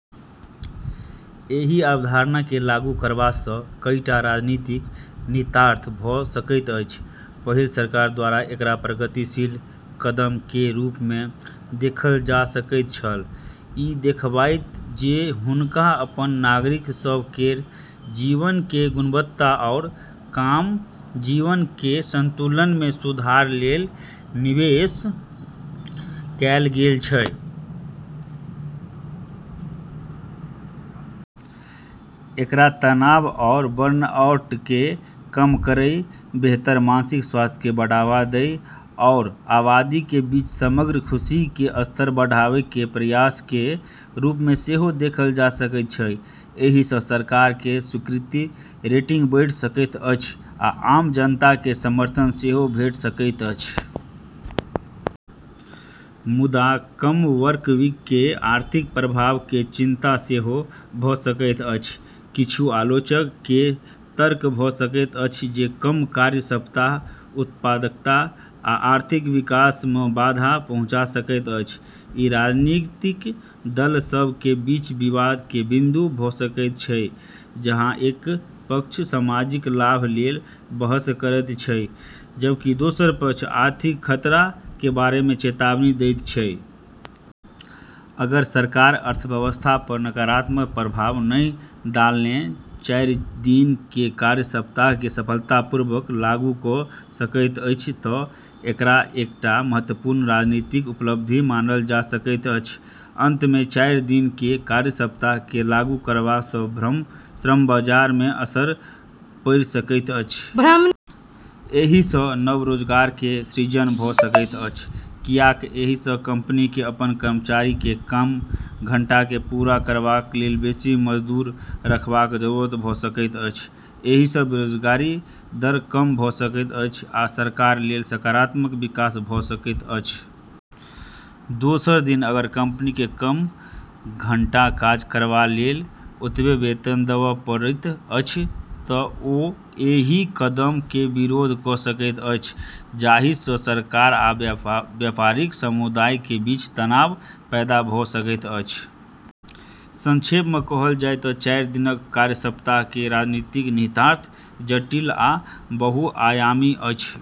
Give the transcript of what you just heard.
एहि अवधारणा केँ लागू करबा सँ कईटा राजनीतिक निहितार्थ भऽ सकैत अछि। पहिल, सरकार द्वारा एकरा प्रगतिशील कदम केर रूप मे देखल जा सकैत छल। ई देखाबैत छै जे हुनका अपन नागरिक सभ केर जीवन केर गुणवत्ता आरू काम-जीवन केर संतुलन मे सुधार लेल निवेश कएल गेल छै। एकरा तनाव आरू बर्नआउट केँ कम करै, बेहतर मानसिक स्वास्थ्य केँ बढ़ावा दै, आरू आबादी केर बीच समग्र खुशी केर स्तर बढ़ाबै केर प्रयास केर रूप मे सेहो देखल जा सकैत छै। एहि सँ सरकार केर स्वीकृति रेटिंग बढ़ि सकैत अछि आ आम जनता केर समर्थन सेहो भेटि सकैत अछि। मुदा, कम वर्कवीक केर आर्थिक प्रभाव केर चिंता सेहो भऽ सकैत अछि। किछु आलोचक केर तर्क भऽ सकैत अछि जे कम कार्य सप्ताह उत्पादकता आ आर्थिक विकास मे बाधा पहुँचा सकैत अछि। ई राजनीतिक दल सभ केर बीच विवाद केर बिंदु भऽ सकैत छै, जहाँ एक पक्ष सामाजिक लाभ लेल बहस करैत छै जबकि दोसर पक्ष आर्थिक खतरा केर बारे मे चेतावनी दैत छै। अगर सरकार अर्थव्यवस्था पर नकारात्मक प्रभाव नहि डालने चारि दिन केर कार्य सप्ताह केँ सफलतापूर्वक लागू कऽ सकैत अछि तँ एकरा एकटा महत्वपूर्ण राजनीतिक उपलब्धि मानल जा सकैत अछि। अंत मे चारि दिन केर कार्य सप्ताह केँ लागू करबा सँ श्रम बाजार मे असर पड़ि सकैत अछि। एहि सँ नव रोजगार केर सृजन भऽ सकैत अछि, कियाक एहि सँ कंपनी केँ अपन कर्मचारी केर कम घंटा केँ पूरा करबा लेल बेसी मजदूर रखबाक जरूरत भऽ सकैत अछि। एहि सँ बेरोजगारी दर कम भऽ सकैत अछि आ सरकार लेल सकारात्मक विकास भऽ सकैत अछि। दोसर दिस अगर कंपनी केँ कम घंटा काज करबा लेल ओतबे वेतन देबए पड़ैत अछि तँ ओ एहि कदम केर विरोध कऽ सकैत अछि, जाहि सँ सरकार आ व्यापारिक समुदाय केर बीच तनाव पैदा भऽ सकैत अछि। संक्षेप मे कहल जाय तँ चारि दिनक कार्य सप्ताह केर राजनीतिक निहितार्थ जटिल आ बहुआयामी अछि।